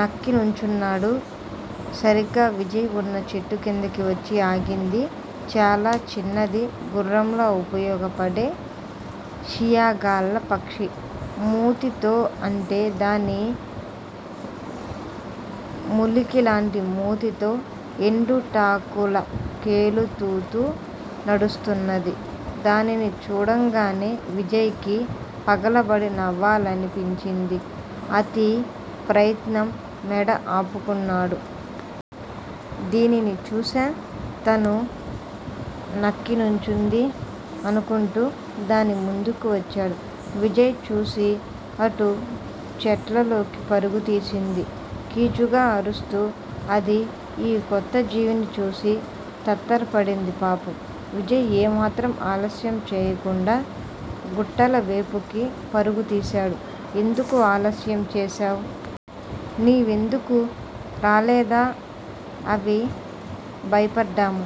నక్కి నుంచున్నాడు. సరీగ విజయ్ వున్న చెట్టుకిందికి వచ్చి ఆగింది చాలా చిన్నది గుర్రంలా ఉపయోగపడే షియ్యాగాళ్ళ పక్షి. మూతి తో అంటే దాని ములికిలాంటి మూతితో ఎండుటాకులకేలుతుతూ నడుస్తున్నది. దానిని చూడంగానే విజయ్ కి పగలబడి నవ్వాలని పించింది. అతి ప్రయత్నం మెడ ఆపుకున్నాడు. దీనిని చూశా తను నక్కి నుంచుంది? అనుకుంటూ దాని ముందుకు వచ్చాడు. విజయ్ చూసి అటు చెట్లలోకి పరుగుతీసింది కీచుగా అరుస్తూ అదీ యీ కొత్త జీవిని చూసి తత్తరపడింది పాపం. విజయ్ ఏమాత్రం ఆలస్యం చేయకుండా గుట్టల వేపుకి పరుగుతీశాడు. ఎందుకు ఆలస్యం చేశావ్? నీవెందుకు రాలేదా అవిభయపడ్డాము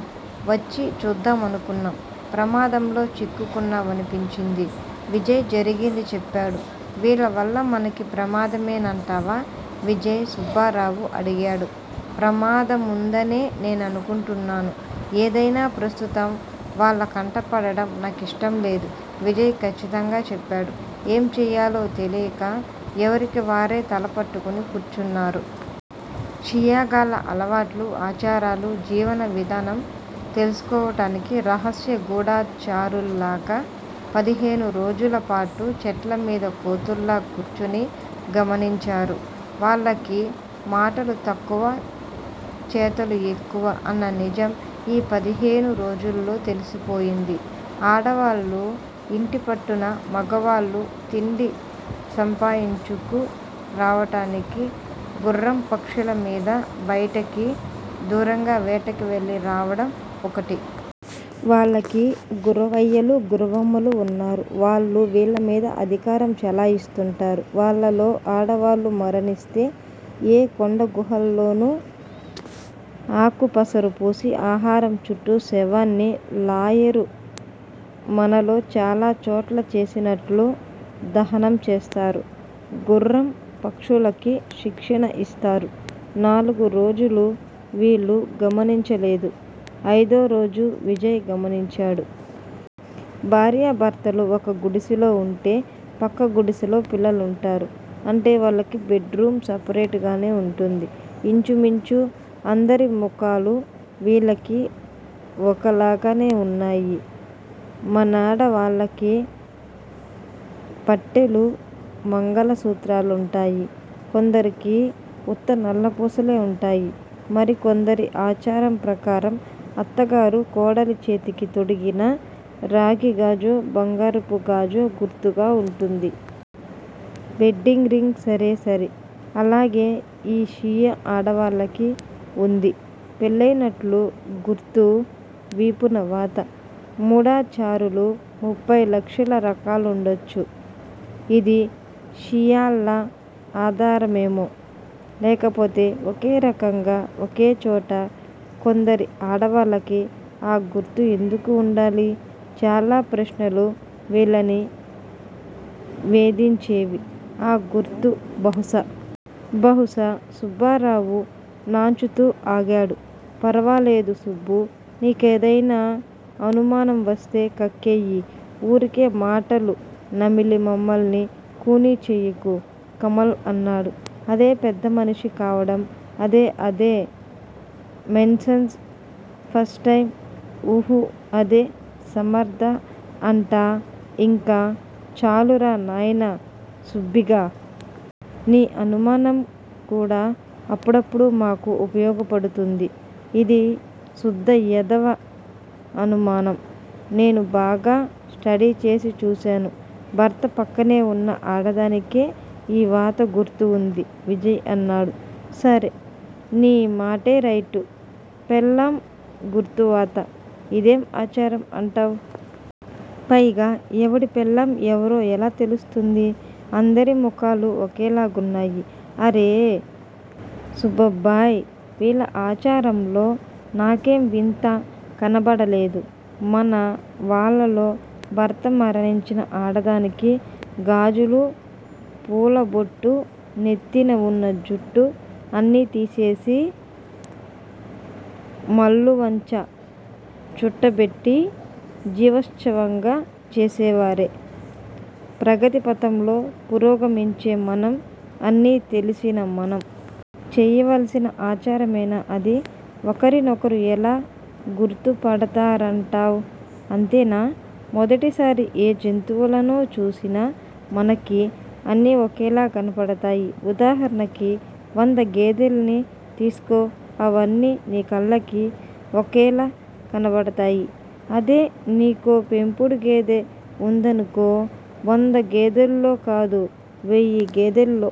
వచ్చి చూద్దామనుకున్నాం ప్రమాదంలో చిక్కుకున్నావనిపించింది. విజయ్ జరిగింది చెప్పాడు. వీళ్ళ వల్ల మనకి ప్రమాదమే నంటావా విజయ్ సుబ్బారావు అడిగాడు. ప్రమాదముందనే నే అనుకుంటున్నాను. ఏదైనా ప్రస్తుతం వాళ్ళకంటపడటం నాకిష్టంలేదు విజయ్ కచ్చితంగా చెప్పాడు. ఏంచేయాలో తెలియక ఎవరికివారే తలపట్టుకుని కూర్చున్నారు. షీయ్యాగాళ్ళ అలవాట్లు ఆచారాలు జీవన విధానం తెలుసుకోటానికి రహస్య గూఢచారుల్లాగా పదిహేను రోజులపాటు చెట్లమీద కోతుల్లా కూర్చుని గమనించారు. వాళ్ళకి మాటలు తక్కువ చేతలు ఎక్కువ అన్ననిజం ఈపదిహేను రోజుల్లో తెలిసిపోయింది. ఆడవాళ్ళు యింటిపట్టున మగవాళ్ళు తిండి సంపాయించుకు రావటానికి గుర్రంపక్షుల మీద బయటకి దూరంగా వేటకి వెళ్ళి రావటం వొకటి. వాళ్ళకి గురవయ్యలు గురవమ్మలు ఉన్నారు. వాళ్ళు వీల్లమీద అధికారం చేలయిస్తుంటారు. వాళ్ళల్లో ఆడవాళ్ళు మరణిస్తే ఏ కొండగుహా ల్లోనూ అకుపసారుపూసి ఆహారం చుట్టూ శవాన్ని లాయరు మనలో చాలా చోట్ల చేసినట్లు దహనం చేస్తారు. గుర్రం పక్షులకి శిక్షణ ఇస్తారు. నాలుగురోజులు వీళ్ళు గమనించలేదు. అయిదోరోజు విజయ్ గమనించాడు. భార్యాభర్తలు ఒక గుడిసెలో వుంటే పక్క గుడిసెలో పిల్లలుంటారు. అంటే వాళ్ళకి బెడ్ రూమ్ పవరేట్ గానే వుంటుంది. ఇంచుమించు అందరి ముఖాలు వీళ్ళకి ఒకలాగానే ఉన్నాయి మనాడవాళ్ళకి మట్టెలు మంగలసూత్రాలుంటాయి కొందరికి ఉత్త నల్లపూసలే వుంటాయి మరికొందరిఆచారం ప్రకారం అత్తగారు కోడలిచేతికి తొడిగిన రాగి గాజో బంగారపు గాజో గుర్తుగా వుంటుంది. వెడ్డింగ్ రింగ్ సరేసరి. అలాగే ఈ షియ్యా ఆడవాళ్ళకి వుంది పెళ్ళయినట్లు గుర్తు వీపునవాత. మూఢాచారాలు ముప్ఫైలక్షల రకాలుండొచ్చు. ఇది షీయ్యాళ ఆధారమేమో! లేకపోతే ఒకేరకంగా ఒకేచోట కొందరి ఆడవాళ్ళకి అ గుర్తు ఎందుకు వుండాలి! చాలా ప్రశ్నలు వీళ్ళని వేధించేవి. ఆ గుర్తు బహుశా! బహుశా! సుబ్బారావు నాన్చుతూ ఆగాడు. ఫరవాలేదు సుబ్బూ! నీకేదైనా అనుమానంవస్తే కక్కేయి. వూరికే మాటలు నమిలి మమ్మల్ని ఖూనీ చెయ్యకు కమల్ అన్నాడు. అదే పెద్దమనిషి కావటం అదే అదే మెన్సస్ ఫస్ట్ టైము ఉహూ అదే సమర్త అంటా ఇంక చాలురా నాయనా సుబ్భిగా! నీ అనుమానం కూడా అప్పుడప్పుడు మాకు ఉపయోగపడుతుంటుంది. ఇది సుద్ద వెధవ అనుమానం. నేను బాగా స్టడీ చేసి చూశాను భర్త పక్కనే వున్న ఆడదానికే యీ వాత గుర్తు ఉంది విజయ్ అన్నాడు. సరే నీ మాటేరైటు. పెళ్ళాం గుర్తువాత. ఇదేం ఆచారం అంటావ్? పైగా ఎవడి పెళ్ళాం ఎవరో ఎలా తెలుస్తుంది అందరి ముఖాలు ఒకేలాగున్నాయి! అరే సుబ్బబ్బాయ్! వీళ్ళ ఆచారంలో నాకేం వింత కానబాడలేదు. మన వాళ్ళలో భర్త మరణించిన ఆడదానికి గాజులు పూలుబొట్టునెత్తినవున్న జుట్టు అన్నీ తీసేసి మల్లువంచ చుట్టబెట్టి జీవశ్చవంగా చేసేవారే. ప్రగతిపథంలో పురోగమించే మనం అన్నీ తెలిసిన మనం. చేయవలసిన అచారమేనా అది? ఒకరినొకరు ఎలా గుర్తుపడతారం టావ్? అంతేనా? మొదటిసారి ఏ జంతువులనో చూసిన మనకి అన్నీ ఒకేలా కనబతాయి. ఉదాహరణకి వంద గేదెల్ని తీసుకో అవన్నీ నీకళ్ళకి ఒకేలా కనబడతాయి అదే నీకో పెంపుడు గేదె వుందనుకో వందగేదేల్లోకాదు వెయ్యిగేదేల్లో